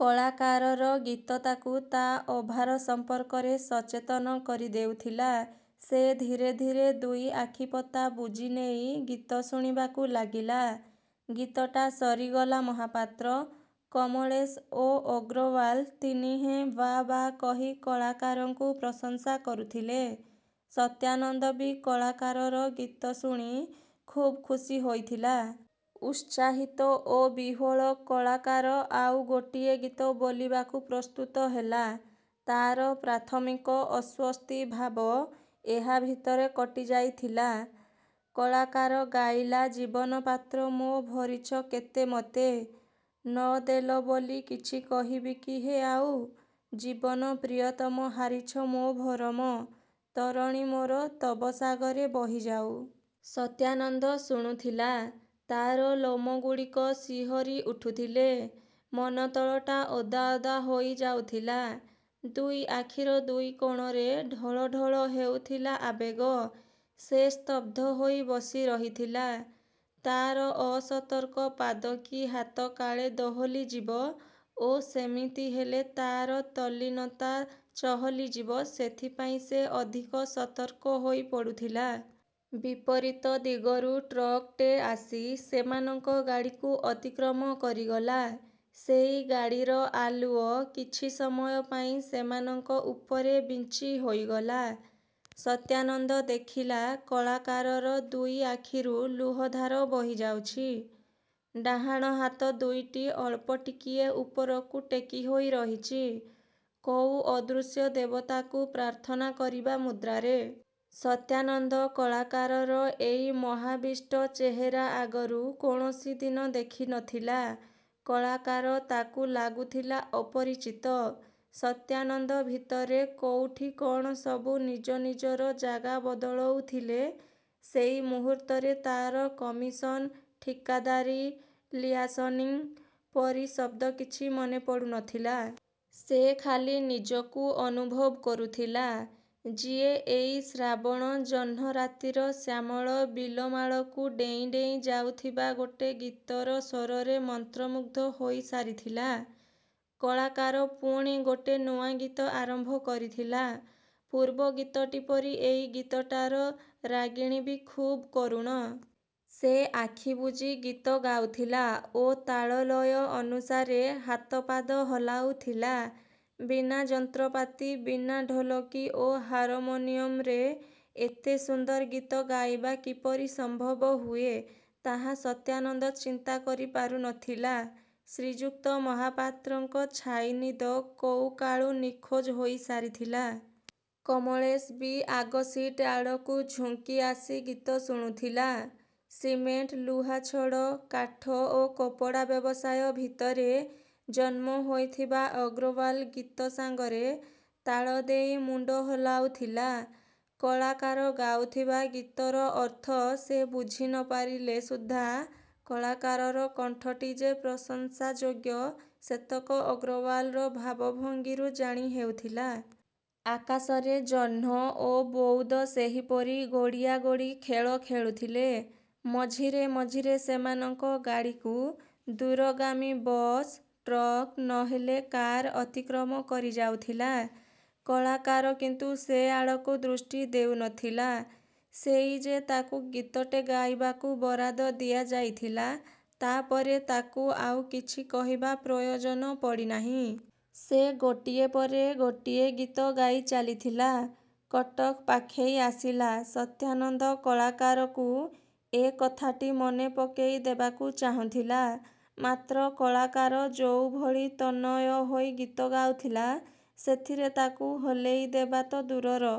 କଳାକାରର ଗୀତ ତାକୁ ତା ଅଭାର ସମ୍ପର୍କରେ ସଚେତନ କରିଦେଉଥିଲା। ସେ ଧୀରେ ଧୀରେ ଦୁଇ ଆଖିପତା ବୁଜି ନେଇ ଗୀତ ଶୁଣିବାକୁ ଲାଗିଲା। ଗୀତଟା ସରିଗଲା। ମହାପାତ୍ର, କମଳେଶ ଓ ଅଗ୍ରୱାଲ ତିନିହେଁ ବାଃ ବାଃ କହି, କଳାକାରକୁ ପ୍ରଶଂସା କରୁଥିଲେ। ସତ୍ୟାନନ୍ଦ ବି କଳାକାରର ଗୀତ ଶୁଣି ଖୁବ୍ ଖୁସି ହୋଇଥିଲା। ଉତ୍ସାହିତ ଓ ବିହ୍ୱଳ କଳାକାର ଆଉ ଗୋଟିଏ ଗୀତ ବୋଲିବାକୁ ପ୍ରସ୍ତୁତ ହେଲା। ତାର ପ୍ରାଥମିକ ଅସ୍ୱସ୍ତି ଭାବ ଏହା ଭିତରେ କଟିଯାଇଥିଲା। କଳାକାର ଗାଇଲା ଜୀବନ ପାତ୍ର ମୋ ଭରିଛ କେତେମତେ, ନଦେଲ ବୋଲି କିଛି କହିବି କି ହେ ଆଉ, ଜୀବନ ପ୍ରିୟତମ ହାରିଛ ମୋ ଭରମ, ତରଣୀ ମୋର ତବ ସାଗରେ ବହିଯାଉ। ସତ୍ୟାନନ୍ଦ ଶୁଣୁଥିଲା। ତାର ଲୋମଗୁଡ଼ିକ ଶିହରି ଉଠୁଥିଲେ। ମନତଳଟା ଓଦା ଓଦା ହୋଇ ଯାଉଥିଲା, ଦୁଇ ଆଖିର ଦୁଇକୋଣରେ ଢଳ ଢଳ ହେଉଥିଲା ଆବେଗ। ସେ ସ୍ତବ୍ଧ ହୋଇ ବସି ରହିଥିଲା। ତାର ଅସତର୍କ ପାଦ କି ହାତ କାଳେ ଦୋହଲିଯିବ ଓ ସେମିତି ହେଲେ ତାର ତଲ୍ଲୀନତା ଚହଲିଯିବ ସେଥିପାଇଁ ସେ ଅଧିକ ସତର୍କ ହୋଇ ପଡ଼ୁଥିଲା। ବିପରୀତ ଦିଗରୁ ଟ୍ରକଟେ ଆସି ସେମାନଙ୍କ ଗାଡ଼ିକୁ ଅତିକ୍ରମ କରିଗଲା। ସେଇ ଗାଡ଼ିର ଆଲୁଅ କିଛି ସମୟ ପାଇଁ ସେମାନଙ୍କ ଉପରେ ବିଞ୍ଚି ହୋଇଗଲା। ସତ୍ୟାନନ୍ଦ ଦେଖିଲା, କଳାକାରର ଦୁଇଆଖିରୁ ଲୁହଧାର ବୋହିଯାଉଛି। ଡାହାଣ ହାତ ଦୁଇଟି ଅଳ୍ପ ଟିକିଏ ଉପରକୁ ଟେକିହୋଇ ରହିଛି, କୋଉ ଅଦୃଶ୍ୟ ଦେବତାକୁ ପ୍ରାର୍ଥନା କରିବା ମୁଦ୍ରାରେ। ସତ୍ୟାନନ୍ଦ କଳାକାରର ଏଇ ମୋହାବିଷ୍ଟ ଚେହେରା ଆଗରୁ କୌଣସି ଦିନ ଦେଖି ନଥିଲା। କଳାକାର ତାକୁ ଲାଗୁଥିଲା ଅପରିଚିତ। ସତ୍ୟାନନ୍ଦ ଭିତରେ କୋଉଠି କଣ ସବୁ ନିଜ ନିଜର ଜାଗା ବଦଳଉଥିଲେ। ସେଇ ମୁହୂର୍ତ୍ତରେ ତାର କମିସନ୍, ଠିକାଦାରି, ଲିଆସନିଂ ପରି ଶବ୍ଦ କିଛି ମନେ ପଡ଼ୁନଥିଲା। ସେ ଖାଲି ନିଜକୁ ଅନୁଭବ କରୁଥିଲା, ଯିଏ ଏଇ ଶ୍ରାବଣ ଜହ୍ନରାତିର ଶ୍ୟାମଳ ବିଲମାଳକୁ ଡେଇଁ ଡେଇଁ ଯାଉଥିବା ଗୋଟେ ଗୀତର ସ୍ୱରରେ ମନ୍ତ୍ରମୁଗ୍ଧ ହୋଇସାରିଥିଲା। କଳାକାର ପୁଣି ଗୋଟେ ନୂଆ ଗୀତ ଆରମ୍ଭ କରିଥିଲା। ପୂର୍ବ ଗୀତଟି ପରି ଏଇ ଗୀତଟାର ରାଗିଣୀ ବି ଖୁବ୍ କରୁଣ। ସେ ଆଖିବୁଜି ଗୀତ ଗାଉଥିଲା ଓ ତାଳ ଲୟ ଅନୁସାରେ ହାତ ପାଦ ହଲାଉଥିଲା। ବିନା ଯନ୍ତ୍ରପାତି, ବିନା ଢୋଲକି ଓ ହାରମୋନିୟମରେ ଏତେ ସୁନ୍ଦର ଗୀତ ଗାଇବା କିପରି ସମ୍ଭବ ହୁଏ ତାହା ସତ୍ୟାନନ୍ଦ ଚିନ୍ତା କରିପାରୁ ନଥିଲା। ଶ୍ରୀଯୁକ୍ତ ମହାପାତ୍ରଙ୍କ ଛାଇନିଦ କୋଉକାଳୁ ନିଖୋଜ ହୋଇସାରିଥିଲା। କମଳେଶ ବି ଆଗ ସିଟ ଆଡ଼କୁ ଝୁଙ୍କି ଆସି ଗୀତ ଶୁଣୁଥିଲା। ସିମେଣ୍ଟ, ଲୁହାଛଡ଼, କାଠ ଓ କପଡ଼ା ବ୍ୟବସାୟ ଭିତରେ ଜନ୍ମ ହୋଇଥିବା ଅଗ୍ରୱାଲ ଗୀତ ସାଙ୍ଗରେ ତାଳ ଦେଇ ମୁଣ୍ଡ ହଲାଉଥିଲା। କଳାକାର ଗାଉଥିବା ଗୀତର ଅର୍ଥ ସେ ବୁଝି ନପାରିଲେ ସୁଦ୍ଧା କଳାକାରର କଣ୍ଠଟି ଯେ ପ୍ରଶଂସାଯୋଗ୍ୟ ସେତକ ଅଗ୍ରୱାଲର ଭାବଭଙ୍ଗୀରୁ ଜାଣି ହେଉଥିଲା। ଆକାଶରେ ଜହ୍ନ ଓ ବଉଦ ସେହିପରି ଗୋଡ଼ିଆଗୋଡ଼ି ଖେଳ ଖେଳୁଥିଲେ। ମଝିରେ ମଝିରେ ସେମାନଙ୍କ ଗାଡ଼ିକୁ ଦୂରଗାମୀ ବସ୍, ଟ୍ରକ୍, ନ ହେଲେ କାର ଅତିକ୍ରମ କରିଯାଉଥିଲା। କଳାକାର କିନ୍ତୁ ସେଆଡ଼କୁ ଦୃଷ୍ଟି ଦେଉନଥିଲା। ସେଇ ଯେ ତାକୁ ଗୀତଟେ ଗାଇବାକୁ ବରାଦ ଦିଆଯାଇଥିଲା, ତାପରେ ତାକୁ ଆଉ କିଛି କହିବା ପ୍ରୟୋଜନ ପଡ଼ିନାହିଁ। ସେ ଗୋଟିଏ ପରେ ଗୋଟିଏ ଗୀତ ଗାଇଚାଲିଥିଲା। କଟକ ପାଖେଇ ଆସିଲା। ସତ୍ୟାନନ୍ଦ କଳାକାରକୁ ଏ କଥାଟି ମନେ ପକେଇ ଦେବାକୁ ଚାହୁଁଥିଲା। ମାତ୍ର କଳାକାର ଯୋଉଭଳି ତନ୍ମୟ ହୋଇ ଗୀତ ଗାଉଥିଲା ସେଥିରେ ତାକୁ ହଲେଇଦେବା ତ ଦୂରର।